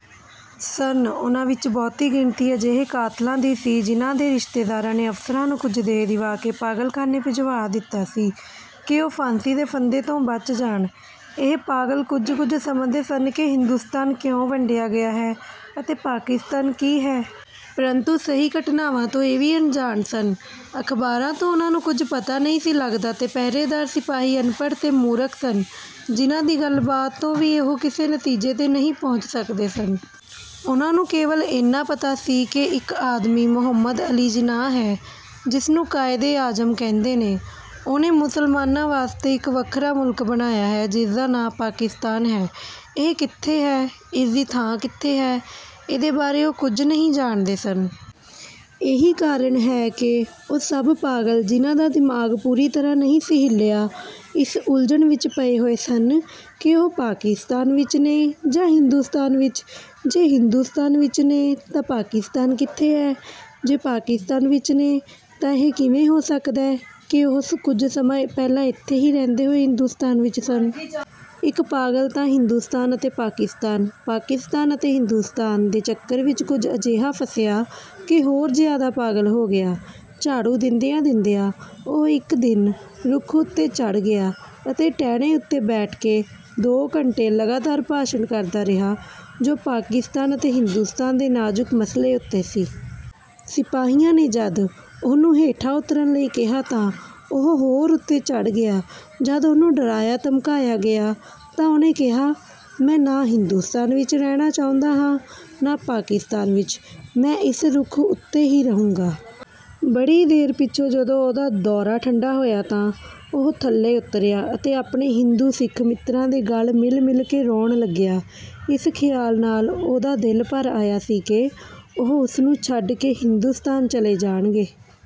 ਸਨ। ਉਨ੍ਹਾਂ ਵਿਚ ਬਹੁਤੀ ਗਿਣਤੀ ਅਜਿਹੇ ਕਾਤਲਾਂ ਦੀ ਸੀ ਜਿਨ੍ਹਾਂ ਦੇ ਰਿਸ਼ਤੇਦਾਰਾਂ ਨੇ ਅਫ਼ਸਰਾਂ ਨੂੰ ਕੁਝ ਦੇ ਦਿਵਾ ਕੇ ਪਾਗਲਖਾਨੇ ਭਿਜਵਾ ਦਿੱਤਾ ਸੀ ਕਿ ਉਹ ਫਾਂਸੀ ਦੇ ਫੰਧੇ ਤੋਂ ਬਚ ਜਾਣ। ਇਹ ਪਾਗਲ ਕੁਝ-ਕੁਝ ਸਮਝਦੇ ਸਨ ਕਿ ਹਿੰਦੁਸਤਾਨ ਕਿਉਂ ਵੰਡਿਆ ਗਿਆ ਹੈ ਅਤੇ ਪਾਕਿਸਤਾਨ ਕੀ ਹੈ। ਪ੍ਰੰਤੂ ਸਹੀ ਘਟਨਾਵਾਂ ਤੋਂ ਇਹ ਵੀ ਅਣਜਾਣ ਸਨ। ਅਖ਼ਬਾਰਾਂ ਤੋਂ ਉਨ੍ਹਾਂ ਨੂੰ ਕੁਝ ਪਤਾ ਨਹੀਂ ਸੀ ਲੱਗਦਾ ਤੇ ਪਹਿਰੇਦਾਰ ਸਿਪਾਹੀ ਅਨਪੜ੍ਹ ਤੇ ਮੂਰਖ ਸਨ ਜਿਨ੍ਹਾਂ ਦੀ ਗੱਲਬਾਤ ਤੋਂ ਵੀ ਉਹ ਕਿਸੇ ਨਤੀਜੇ ਤੇ ਨਹੀਂ ਪਹੁੰਚ ਸਕਦੇ ਸਨ। ਉਨ੍ਹਾਂ ਨੂੰ ਕੇਵਲ ਏਨਾ ਪਤਾ ਸੀ ਕਿ ਇੱਕ ਆਦਮੀ ਮੁਹੰਮਦ ਅਲੀ ਜਿਨਾਹ ਹੈ ਜਿਸਨੂੰ ਕਾਇਦੇ-ਆਜ਼ਮ ਕਹਿੰਦੇ ਨੇ। ਉਹਨੇ ਮੁਸਲਮਾਨਾਂ ਵਾਸਤੇ ਇੱਕ ਵੱਖਰਾ ਮੁਲਕ ਬਣਾਇਆ ਹੈ ਜਿਸਦਾ ਨਾਂ ਪਾਕਿਸਤਾਨ ਹੈ। ਇਹ ਕਿੱਥੇ ਹੈ, ਇਸਦੀ ਥਾਂ ਕਿੱਥੇ ਹੈ, ਇਸਦੇ ਬਾਰੇ ਉਹ ਕੁਝ ਨਹੀਂ ਜਾਣਦੇ ਸਨ। ਇਹੀ ਕਾਰਨ ਹੈ ਕਿ ਉਹ ਸਭ ਪਾਗਲ ਜਿਨ੍ਹਾਂ ਦਾ ਦਿਮਾਗ ਪੂਰੀ ਤਰ੍ਹਾਂ ਨਹੀਂ ਸੀ ਹਿੱਲਿਆ, ਇਸ ਉਲਝਣ ਵਿਚ ਪਏ ਹੋਏ ਸਨ ਕਿ ਉਹ ਪਾਕਿਸਤਾਨ ਵਿਚ ਨੇ ਜਾਂ ਹਿੰਦੁਸਤਾਨ ਵਿਚ। ਜੇ ਹਿੰਦੁਸਤਾਨ ਵਿਚ ਨੇ ਤਾਂ ਪਾਕਿਸਤਾਨ ਕਿੱਥੇ ਐ, ਜੇ ਪਾਕਿਸਤਾਨ ਵਿਚ ਨੇ ਤਾਂ ਇਹ ਕਿਵੇਂ ਹੋ ਸਕਦੈ ਕਿ ਉਹ ਕੁਝ ਸਮਾਂ ਪਹਿਲਾਂ ਇਥੇ ਹੀ ਰਹਿੰਦੇ ਹੋਏ ਹਿੰਦੁਸਤਾਨ ਵਿਚ ਸਨ। ਇਕ ਪਾਗਲ ਤਾਂ ਹਿੰਦੁਸਤਾਨ ਅਤੇ ਪਾਕਿਸਤਾਨ, ਪਾਕਿਸਤਾਨ ਅਤੇ ਹਿੰਦੁਸਤਾਨ ਦੇ ਚੱਕਰ ਵਿਚ ਕੁਝ ਅਜਿਹਾ ਫਸਿਆ ਕਿ ਹੋਰ ਜ਼ਿਆਦਾ ਪਾਗਲ ਹੋ ਗਿਆ। ਝਾੜੂ ਦਿੰਦਿਆਂ-ਦਿੰਦਿਆਂ ਉਹ ਇਕ ਦਿਨ ਰੁੱਖ ਉੱਤੇ ਚੜ੍ਹ ਗਿਆ ਅਤੇ ਟਹਿਣੇ ਉੱਤੇ ਬੈਠ ਕੇ ਦੋ ਘੰਟੇ ਲਗਾਤਾਰ ਭਾਸ਼ਣ ਕਰਦਾ ਰਿਹਾ ਜੋ ਪਾਕਿਸਤਾਨ ਅਤੇ ਹਿੰਦੁਸਤਾਨ ਦੇ ਨਾਜ਼ੁਕ ਮਸਲੇ ਉੱਤੇ ਸੀ। ਸਿਪਾਹੀਆਂ ਨੇ ਜਦ ਉਹਨੂੰ ਹੇਠਾਂ ਉਤਰਨ ਲਈ ਕਿਹਾ ਤਾਂ ਉਹ ਹੋਰ ਉੱਤੇ ਚੜ੍ਹ ਗਿਆ। ਜਦ ਉਹਨੂੰ ਡਰਾਇਆ-ਧਮਕਾਇਆ ਗਿਆ ਤਾਂ ਉਹਨੇ ਕਿਹਾ, "ਮੈਂ ਨਾ ਹਿੰਦੁਸਤਾਨ ਵਿਚ ਰਹਿਣਾ ਚਾਹੁੰਦਾ ਹਾਂ ਨਾ ਪਾਕਿਸਤਾਨ ਵਿਚ। ਮੈਂ ਇਸ ਰੁੱਖ ਉੱਤੇ ਹੀ ਰਹੂੰਗਾ।" ਬੜੀ ਦੇਰ ਪਿਛੋਂ ਜਦੋ ਉਹਦਾ ਦੌਰਾ ਠੰਡਾ ਹੋਇਆ ਤਾਂ ਉਹ ਥੱਲੇ ਉਤਰਿਆ ਅਤੇ ਆਪਣੇ-ਹਿੰਦੂ ਸਿੱਖ ਮਿੱਤਰਾਂ ਦੇ ਗਲ ਮਿਲ-ਮਿਲ ਕੇ ਰੋਣ ਲੱਗਿਆ। ਇਸ ਖ਼ਿਆਲ ਨਾਲ ਉਹਦਾ ਦਿਲ ਭਰ ਆਇਆ ਸੀ ਕਿ ਉਹ ਉਸਨੂੰ ਛੱਡ ਕੇ ਹਿੰਦੁਸਤਾਨ ਚਲੇ ਜਾਣਗੇ।